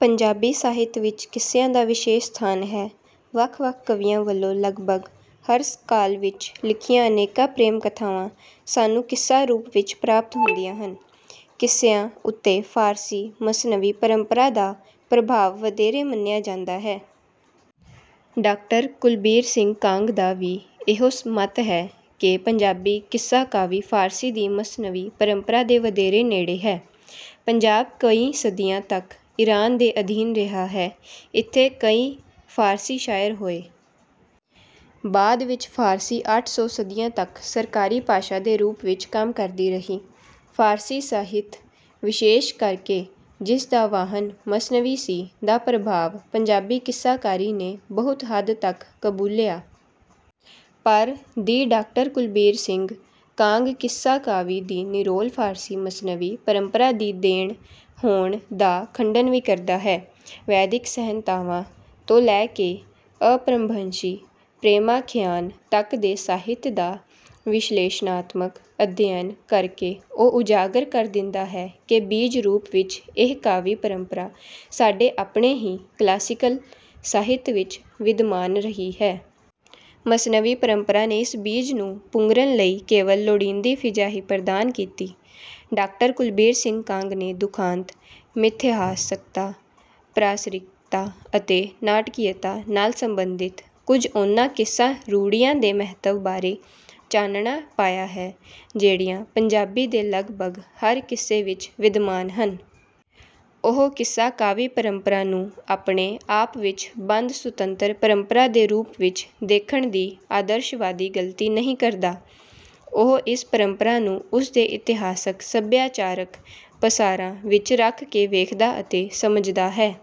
ਪੰਜਾਬੀ ਸਾਹਿਤ ਵਿੱਚ ਕਿੱਸਿਆਂ ਦਾ ਵਿਸ਼ੇਸ਼ ਸਥਾਨ ਹੈ। ਵੱਖ-ਵੱਖ ਕਵੀਆਂ ਵੱਲੋਂ ਲਗਭਗ ਹਰ ਕਾਲ ਵਿੱਚ ਲਿਖੀਆਂ ਅਨੇਕਾਂ ਪ੍ਰੇਮ-ਕਥਾਵਾਂ ਸਾਨੂੰ ਕਿੱਸਾ ਰੂਪ ਵਿੱਚ ਪ੍ਰਾਪਤ ਹੁੰਦੀਆਂ ਹਨ। ਕਿੱਸਿਆਂ ਉੱਤੇ ਫ਼ਾਰਸੀ ਮਸਨਵੀ ਪਰੰਪਰਾ ਦਾ ਪ੍ਰਭਾਵ ਵਧੇਰੇ ਮੰਨਿਆ ਜਾਂਦਾ ਹੈ। ਡਾਕਟਰ ਕੁਲਬੀਰ ਸਿੰਘ ਕਾਂਗ ਦਾ ਵੀ ਇਹੋ ਮੱਤ ਹੈ ਕਿ ਪੰਜਾਬੀ ਕਿੱਸਾ ਕਾਵਿ ਫ਼ਾਰਸੀ ਦੀ ਮਸਨਵੀ ਪਰੰਪਰਾ ਦੇ ਵਧੇਰੇ ਨੇੜੇ ਹੈ। ਪੰਜਾਬ ਕਈ ਸਦੀਆਂ ਤੱਕ ਇਰਾਨ ਦੇ ਅਧੀਨ ਰਿਹਾ ਹੈ। ਇੱਥੇ ਕਈ ਫ਼ਾਰਸੀ ਸ਼ਾਇਰ ਹੋਏ। ਬਾਅਦ ਵਿੱਚ ਫ਼ਾਰਸੀ ਅੱਠ ਸੌ ਸਦੀਆਂ ਤੱਕ ਸਰਕਾਰੀ ਭਾਸ਼ਾ ਦੇ ਰੂਪ ਵਿੱਚ ਕੰਮ ਕਰਦੀ ਰਹੀ। ਫ਼ਾਰਸੀ ਸਾਹਿਤ, ਵਿਸ਼ੇਸ਼ ਕਰਕੇ ਜਿਸ ਦਾ ਵਾਹਨ ਮਸਨਵੀ ਸੀ, ਦਾ ਪ੍ਰਭਾਵ ਪੰਜਾਬੀ ਕਿੱਸਾਕਾਰੀ ਨੇ ਬਹੁਤ ਹੱਦ ਤੱਕ ਕਬੂਲਿਆ। ਪਰ ਦੀ ਡਾਕਟਰ ਕੁਲਬੀਰ ਸਿੰਘ ਕਾਂਗ ਕਿੱਸਾ ਕਾਵਿ ਦੀ ਨਿਰੋਲ ਫ਼ਾਰਸੀ ਮਸਨਵੀ ਪਰੰਪਰਾ ਦੀ ਦੇਣ ਹੋਣ ਦਾ ਖੰਡਨ ਵੀ ਕਰਦਾ ਹੈ। ਵੈਦਿਕ ਸੰਹਿਤਾਵਾਂ ਤੋਂ ਲੈ ਕੇ ਅਪਭ੍ਰੰਸ਼ੀ ਪ੍ਰੇਮਾਖਿਆਨ ਤੱਕ ਦੇ ਸਾਹਿਤ ਦਾ ਵਿਸ਼ਲੇਸ਼ਣਾਤਮਕ ਅਧਿਐਨ ਕਰਕੇ ਉਹ ਉਜਾਗਰ ਕਰ ਦਿੰਦਾ ਹੈ ਕਿ ਬੀਜ ਰੂਪ ਵਿੱਚ ਇਹ ਕਾਵਿ ਪਰੰਪਰਾ ਸਾਡੇ ਆਪਣੇ ਹੀ ਕਲਾਸੀਕਲ ਸਾਹਿਤ ਵਿੱਚ ਵਿਦਮਾਨ ਰਹੀ ਹੈ। ਮਸਨਵੀ ਪਰੰਪਰਾ ਨੇ ਇਸ ਬੀਜ ਨੂੰ ਪੁੰਗਰਨ ਲਈ ਕੇਵਲ ਲੋੜੀਂਦੀ ਫ਼ਿਜ਼ਾ ਹੀ ਪ੍ਰਦਾਨ ਕੀਤੀ। ਡਾਕਟਰ ਕੁਲਬੀਰ ਸਿੰਘ ਕਾਂਗ ਨੇ ਦੁਖਾਂਤ, ਮਿਥਿਹਾਸਕਤਾ, ਪਰਾਸਰੀਰਕਤਾ ਅਤੇ ਨਾਟਕੀਅਤਾ ਨਾਲ ਸੰਬੰਧਿਤ ਕੁਝ ਉਨ੍ਹਾਂ ਕਿੱਸਾ-ਰੂੜ੍ਹੀਆਂ ਦੇ ਮਹੱਤਵ ਬਾਰੇ ਚਾਨਣਾ ਪਾਇਆ ਹੈ, ਜਿਹੜੀਆਂ ਪੰਜਾਬੀ ਦੇ ਲਗਭਗ ਹਰ ਕਿੱਸੇ ਵਿੱਚ ਵਿਦਮਾਨ ਹਨ। ਉਹ ਕਿੱਸਾ ਕਾਵਿ ਪਰੰਪਰਾ ਨੂੰ ਆਪਣੇ ਆਪ ਵਿੱਚ ਬੰਦ ਸੁਤੰਤਰ ਪਰੰਪਰਾ ਦੇ ਰੂਪ ਵਿੱਚ ਦੇਖਣ ਦੀ ਆਦਰਸ਼ਵਾਦੀ ਗ਼ਲਤੀ ਨਹੀਂ ਕਰਦਾ। ਉਹ ਇਸ ਪਰੰਪਰਾ ਨੂੰ ਉਸ ਦੇ ਇਤਿਹਾਸਕ-ਸੱਭਿਆਚਾਰਕ ਪਸਾਰਾਂ ਵਿੱਚ ਰੱਖ ਕੇ ਵੇਖਦਾ ਅਤੇ ਸਮਝਦਾ ਹੈ।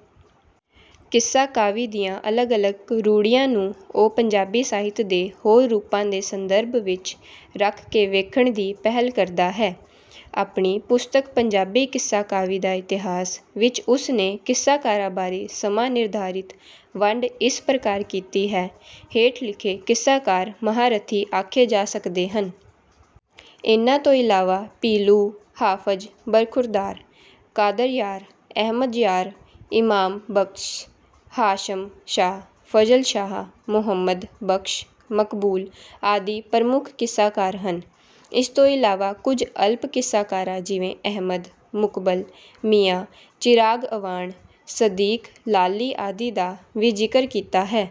ਕਿੱਸਾ ਕਾਵਿ ਦੀਆਂ ਅਲੱਗ-ਅਲੱਗ ਰੂੜ੍ਹੀਆਂ ਨੂੰ ਉਹ ਪੰਜਾਬੀ ਸਾਹਿਤ ਦੇ ਹੋਰ ਰੂਪਾਂ ਦੇ ਸੰਦਰਭ ਵਿੱਚ ਰੱਖ ਕੇ ਵੇਖਣ ਦੀ ਪਹਿਲ ਕਰਦਾ ਹੈ। ਆਪਣੀ ਪੁਸਤਕ ‘ਪੰਜਾਬੀ ਕਿੱਸਾ ਕਾਵਿ ਦਾ ਇਤਿਹਾਸ’ ਵਿੱਚ ਉਸ ਨੇ ਕਿੱਸਾਕਾਰਾਂ ਬਾਰੇ ਸਮਾਂ-ਨਿਰਧਾਰਿਤ ਵੰਡ ਇਸ ਪ੍ਰਕਾਰ ਕੀਤੀ ਹੈ: ਹੇਠ ਲਿਖੇ ਕਿੱਸਾਕਾਰ ਮਹਾਰਥੀ ਆਖੇ ਜਾ ਸਕਦੇ ਹਨ। ਇਨ੍ਹਾਂ ਤੋਂ ਇਲਾਵਾ ਪੀਲੂ, ਹਾਫ਼ਜ਼ ਬਰਖੁਰਦਾਰ, ਕਾਦਰਯਾਰ, ਅਹਿਮਦਯਾਰ, ਇਮਾਮ ਬਖ਼ਸ਼, ਹਾਸ਼ਮ ਸ਼ਾਹ, ਫ਼ਜ਼ਲ ਸ਼ਾਹ, ਮੁਹੰਮਦ ਬਖ਼ਸ਼ ਮਕਬੂਲ ਆਦਿ ਪ੍ਰਮੁੱਖ ਕਿੱਸਾਕਾਰ ਹਨ। ਇਸ ਤੋਂ ਇਲਾਵਾ ਕੁਝ ਅਲਪ ਕਿੱਸਾਕਾਰਾਂ, ਜਿਵੇਂ ਅਹਿਮਦ, ਮੁਕਬਲ, ਮੀਆਂ ਚਿਰਾਗ ਅਵਾਣ, ਸਦੀਕ ਲਾਲੀ ਆਦਿ ਦਾ ਵੀ ਜ਼ਿਕਰ ਕੀਤਾ ਹੈ।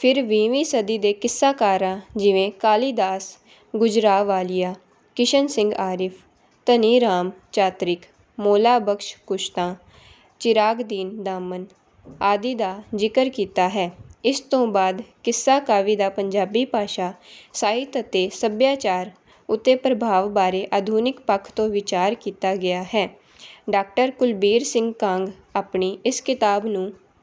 ਫਿਰ ਵੀਹਵੀਂ ਸਦੀ ਦੇ ਕਿੱਸਾਕਾਰਾਂ, ਜਿਵੇਂ ਕਾਲੀਦਾਸ ਗੁਜਰਾਵਾਲੀਆਂ, ਕਿਸ਼ਨ ਸਿੰਘ ਆਰਿਫ਼, ਧਨੀ ਰਾਮ ਚਾਤ੍ਰਿਕ, ਮੌਲਾ ਬਖ਼ਸ਼ ਕੁਸ਼ਤਾ, ਚਿਰਾਗਦੀਨ ਦਾਮਨ ਆਦਿ ਦਾ ਜ਼ਿਕਰ ਕੀਤਾ ਹੈ। ਇਸ ਤੋਂ ਬਾਅਦ ਕਿੱਸਾ ਕਾਵਿ ਦਾ ਪੰਜਾਬੀ ਭਾਸ਼ਾ, ਸਾਹਿਤ ਅਤੇ ਸੱਭਿਆਚਾਰ ਉੱਤੇ ਪ੍ਰਭਾਵ ਬਾਰੇ ਆਧੁਨਿਕ ਪੱਖ ਤੋਂ ਵਿਚਾਰ ਕੀਤਾ ਗਿਆ ਹੈ। ਡਾਕਟਰ ਕੁਲਬੀਰ ਸਿੰਘ ਕਾਂਗ ਆਪਣੀ ਇਸ ਕਿਤਾਬ ਨੂੰ...